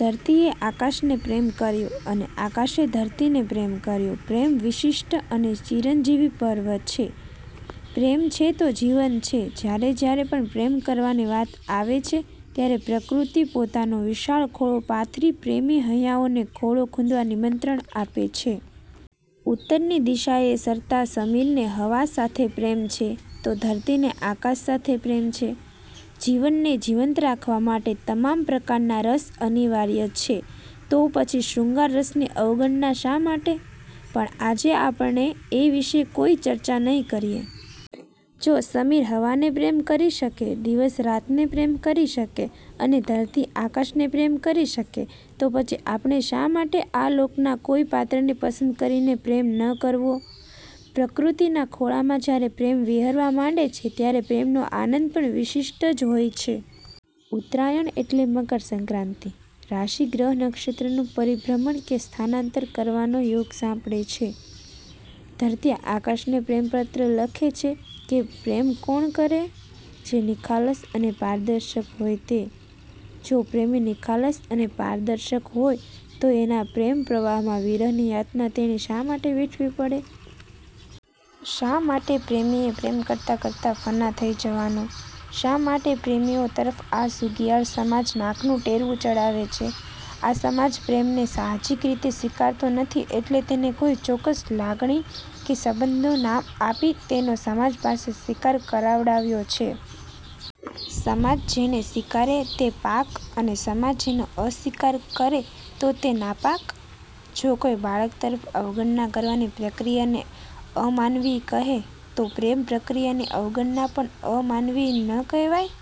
ધરતીએ આકાશને પ્રેમ કર્યો અને આકાશે ધરતીને પ્રેમ કર્યો પ્રેમ વિશિષ્ટ અને ચિરંજીવ પર્વ છે. પ્રેમ છે તો જીવન છે. જ્યારે જ્યારે પણ પ્રેમ કરવાની વાત આવે છે ત્યારે પ્રકૃતિ પોતાનો વિશાળ ખોળો પાથરી પ્રેમી હૈયાઓને ખોળો ખૂંદવા નિમંત્રણ આપે છે. ઉત્તરની દિશાએ સરતા સમીરને હવા સાથે પ્રેમ છે, તો ધરતીને આકાશ સાથે પ્રેમ છે. જીવનને જીવંત રાખવા માટે તમામ પ્રકારના રસ અનિવાર્ય છે. તો પછી શૃંગાર રસની અવગણના શા માટે? પણ આજે આપણે એ વિશે કોઈ ચર્ચા નહિ કરીએ. જો સમીર હવાને પ્રેમ કરી શકે, દિવસ રાતને પ્રેમ કરી શકે અને ધરતી આકાશને પ્રેમ કરી શકે તો પછી આપણે શા માટે આ લોકના કોઈ પાત્રને પસંદ કરી પ્રેમ ન કરવો? પ્રકૃતિના ખોળામાં જ્યારે પ્રેમ વિહરવા માંડે છે ત્યારે પ્રેમનો આનંદ પણ વિશિષ્ટ જ હોય છે. ઉત્તરાયણ એટલે મકરસંક્રાંતિ. રાશિ ગ્રહ નક્ષત્રનું પરિભ્રમણ કે સ્થાનાંતર કરવાનો યોગ સાંપડે છે. ધરતી આકાશને પ્રેમપત્ર લખે છે કે પ્રેમ કોણ કરે? જે નિખાલસ અને પારદર્શક હોય તે. જો પ્રેમી નિખાલસ અને પારદર્શક હોય તો એના પ્રેમ પ્રવાહમાં વિરહની યાતના તેણે શા માટે વેઠવી પડે? શા માટે પ્રેમીએ પ્રેમ કરતાં કરતાં ફના થઈ જવાનું? શા માટે પ્રેમીઓ તરફ આ સુગિયાળ સમાજ નાકનું ટેરવું ચડાવે છે? આ સમાજ પ્રેમને સાહજિક રીતે સ્વીકારતો નથી એટલે તેને કોઈ ચોક્કસ લાગણી કે સંબંધનું નામ આપી તેનો સમાજ પાસે સ્વીકાર કરાવડાવ્યો છે. સમાજ જેને સ્વીકારે તે પાક અને સમાજ જેનો અસ્વીકાર કરે તો તે નાપાક? જો કોઈ બાળક તરફ અવગણના કરવાની પ્રક્રિયાને અમાનવીય કહે તો પ્રેમ પ્રક્રિયાની અવગણના પણ અમાનવીય ન કહેવાય?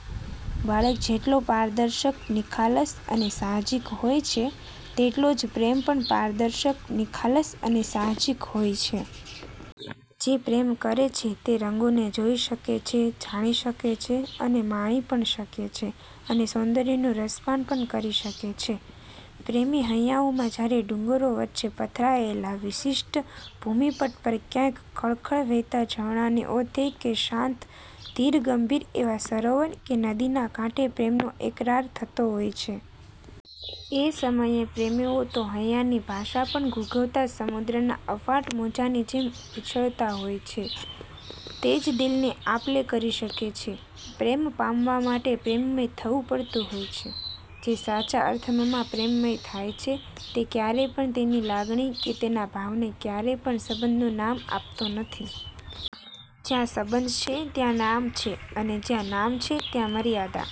બાળક જેટલો પારદર્શક, નિખાલસ અને સાહજિક હોય છે, તેટલો જ પ્રેમ પણ પારદર્શક, નિખાલસ અને સાહજિક હોય છે. જે પ્રેમ કરે છે તે રંગોને જોઈ શકે છે, જાણી શકે છે અને માણી પણ શકે છે અને સૌંદર્યનું રસપાન પણ કરી શકે છે. પ્રેમી હૈયાઓમાં જ્યારે ડુંગરો વચ્ચે પથરાયેલા વિશિષ્ટ ભૂમિપટ પર ક્યાંક ખળખળ વહેતા ઝરણાંની ઓથે કે શાંત ધીર ગંભીર એવા સરોવર કે નદીના કાંઠે પ્રેમનો એકરાર થતો હોય છે. એ સમયે પ્રેમીઓ તો હૈયાની ભાષા પણ ઘૂઘવતા સમુદ્રના અફાટ મોજાંની જેમ ઉછળતા હોય છે. તે જ દિલની આપ-લે કરી શકે છે. પ્રેમ પામવા માટે પ્રેમમય થવું પડતું હોય છે. જે સાચા અર્થમાં પ્રેમમય થાય છે તે ક્યારે પણ તેની લાગણી કે તેના ભાવને ક્યારે પણ સંબંધનું નામ આપતો નથી. જ્યાં સંબંધ છે ત્યાં નામ છે અને જ્યાં નામ છે ત્યાં મર્યાદા